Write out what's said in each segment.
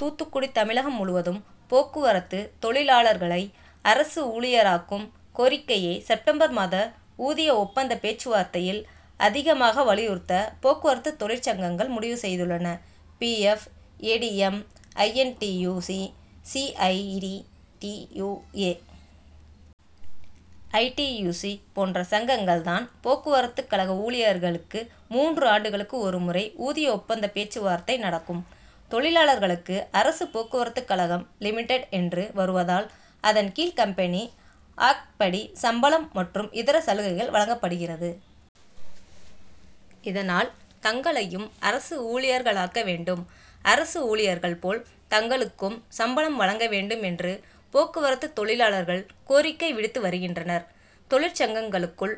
தூத்துக்குடி தமிழகம் முழுவதும் போக்குவரத்து தொழிலாளர்களை அரசு ஊழியராக்கும் கோரிக்கையை செப்டம்பர் மாத ஊதிய ஒப்பந்த பேச்சுவார்த்தையில் அதிகமாக வலியுறுத்த போக்குவரத்து தொழிற்சங்கங்கள் முடிவு செய்துள்ளன. P. F, A. T. M, I. N. T. U. C, C. I. T T. U, A. I. T. U. C போன்ற சங்கங்கள் தான். போக்குவரத்துகழக ஊழியர்களுக்கு மூன்று ஆண்டுகளுக்கு ஒரு முறை ஊதிய ஒப்பந்த பேச்சுவார்த்தை நடக்கும். தொழிலாளர்களுக்கு அரசு போக்குவரத்துகழகம் லிமிடெட் என்று வருவதால் அதன் கீழ் கம்பெனி ஆக்ட் படி சம்பளம் மற்றும் இதர சலுகைகள் வழங்கப்படுகிறது. இதனால் தங்களையும் அரசு ஊழியர்களாக்க வேண்டும். அரசு ஊழியர்கள் போல் தங்களுக்கும் சம்பளம் வழங்க வேண்டும் என்று போக்குவரத்து தொழிலாளர்கள் கோரிக்கை விடுத்து வருகின்றனர். தொழிற்சங்கங்களுக்குள்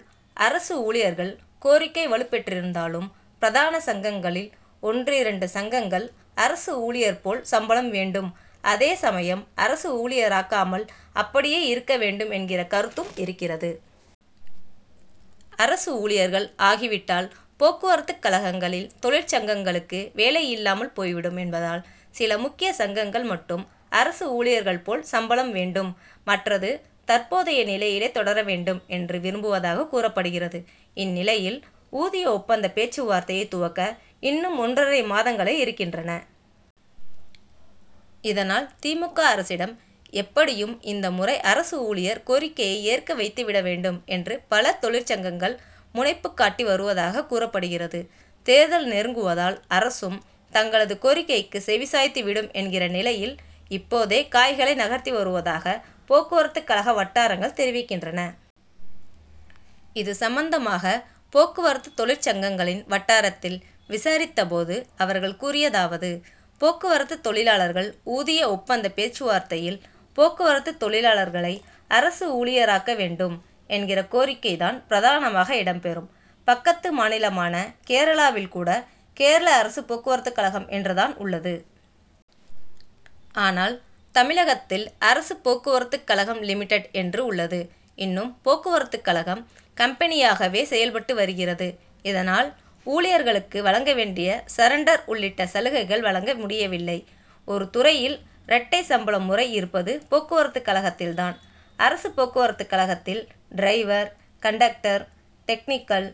அரசு ஊழியர்கள் கோரிக்கை வலுப்பெற்றிருந்தாலும் பிரதான சங்கங்களில் ஒன்றிரெண்டு சங்கங்கள் அரசு ஊழியர் போல் சம்பளம் வேண்டும். அதே சமயம் அரசு ஊழியராக்காமல் அப்படியே இருக்க வேண்டும் என்கிற கருத்தும் இருக்கிறது. அரசு ஊழியர்கள் ஆகி விட்டால் போக்குவரத்துகழகங்களில் தொழிற்சங்கங்களுக்கு வேலை இல்லாமல் போய்விடும் என்பதால் சில முக்கிய சங்கங்கள் மட்டும் அரசு ஊழியர்கள் போல் சம்பளம் வேண்டும். மற்றது தற்போதைய நிலையிலே தொடர வேண்டும் என்று விரும்புதவாக கூறப்படுகிறது. இந்நிலையில் ஊதிய ஒப்பந்த பேச்சுவார்த்தையை துவக்க இன்னும் ஒன்றரை மாதங்களே இருக்கின்றன. இதனால் திமுக அரசிடம் எப்படியும் இந்த முறை அரசு ஊழியர் கோரிக்கையை ஏற்க வைத்து விட வேண்டும் என்று பல தொழிற்சங்கங்கள் முனைப்புகாட்டி வருவதாக கூறப்படுகிறது. தேர்தல் நெருங்குவதால் அரசும் தங்களது கோரிக்கைக்கு செவிசாய்த்து விடும் என்கிற நிலையில் இப்போதே காய்களை நகர்த்தி வருவதாக போக்குவரத்துகழக வட்டாரங்கள் தெரிவிக்கின்றன. இது சம்பந்தமாக போக்குவரத்து தொழிற்சங்கங்களின் வட்டாரத்தில் விசாரித்த போது அவர்கள் கூறியதாவது போக்குவரத்து தொழிலாளர்கள் ஊதிய ஒப்பந்த பேச்சுவார்த்தையில் போக்குவரத்து தொழிலாளர்களை அரசு ஊழியராக்க வேண்டும் என்கிற கோரிக்கை தான் பிரதானமாக இடம் பெறும். பக்கத்து மாநிலமான கேரளாவில் கூட கேரள அரசு போக்குவரத்துகழகம் என்று தான் உள்ளது. ஆனால் தமிழகத்தில் அரசு போக்குவரத்துகழகம் லிமிடட் என்று உள்ளது. இன்னும் போக்குவரத்துகழகம் கம்பெனியாகவே செயல்பட்டு வருகிறது. இதனால் ஊழியர்களுக்கு வழங்க வேண்டிய சரண்டர் உள்ளிட்ட சலுகைகள் வழங்க முடியவில்லை. ஒரு துறையில் இரட்டை சம்பள முறை இருப்பது போக்குவரத்துகழகத்தில் தான். அரசு போக்குவரத்துகழகத்தில் டிரைவர், கண்டக்டர், டெக்னிக்கல்,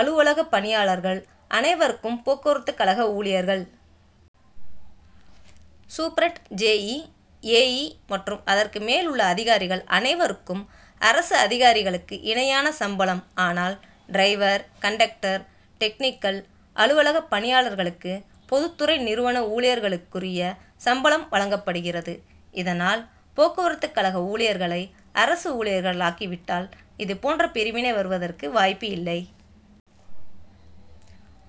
அலுவலக பணியாளர்கள் அனைவருக்கும் போக்குவரத்துகழக ஊழியர்கள். சூப்பிரெண்ட், ஜெ. இ., ஏ. இ மற்றும் அதற்கு மேல் உள்ள அதிகாரிகள் அனவருக்கும் அரசு அதிகாரிகளுக்கு இணையான சம்பளம். ஆனால் டிரைவர், கண்டக்டர், டெக்னிக்கல், அலுவலக பணியாளர்களுக்கு பொதுத்துறை நிறுவன ஊழியர்களுக்குரிய சம்பளம் வழங்கப்படுகிறது. இதனால் போக்குவரத்துகழக ஊழியர்களை அரசு ஊழியர்கள் ஆக்கிவிட்டால் இதுபோன்ற பிரிவினை வருவதற்கு வாய்ப்பு இல்லை.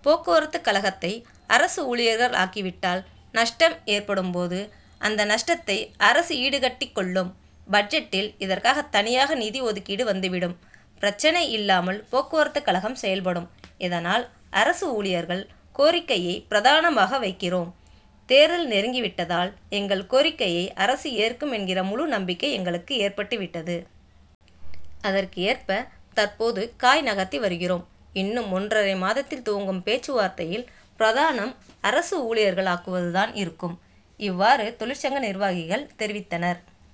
போக்குவரத்துகழகத்தை அரசு ஊழியர்கள் ஆக்கிவிட்டால் நஷ்டம் ஏற்படும் போது அந்த நஷ்டத்தை அரசு ஈடுகட்டிக் கொள்ளும். பட்ஜெட்டில் இதற்காக தனியாக நிதி ஒதுக்கீடு வந்துவிடும். பிரச்னை இல்லாமல் போக்குவரத்துகழகம் செயல்படும். இதனால் அரசு ஊழியர்கள் கோரிக்கையை பிரதானமாக வைக்கிறோம். தேர்தல் நெருங்கி விட்டதால் எங்கள் கோரிக்கையை அரசு ஏற்கும் என்கிற முழு நம்பிக்கை எங்களுக்கு ஏற்பட்டு விட்டது. அதற்கு ஏற்ப தற்போது காய் நகர்த்தி வருகிறோம். இன்னும் ஒன்றரை மாதத்தில் துவங்கும் பேச்சுவார்த்தையில் பிரதானம் அரசு ஊழியர்கள் ஆக்குவது தான் இருக்கும். இவ்வாறு தொழிற்சங்க நிர்வாகிகள் தெரிவித்தனர்.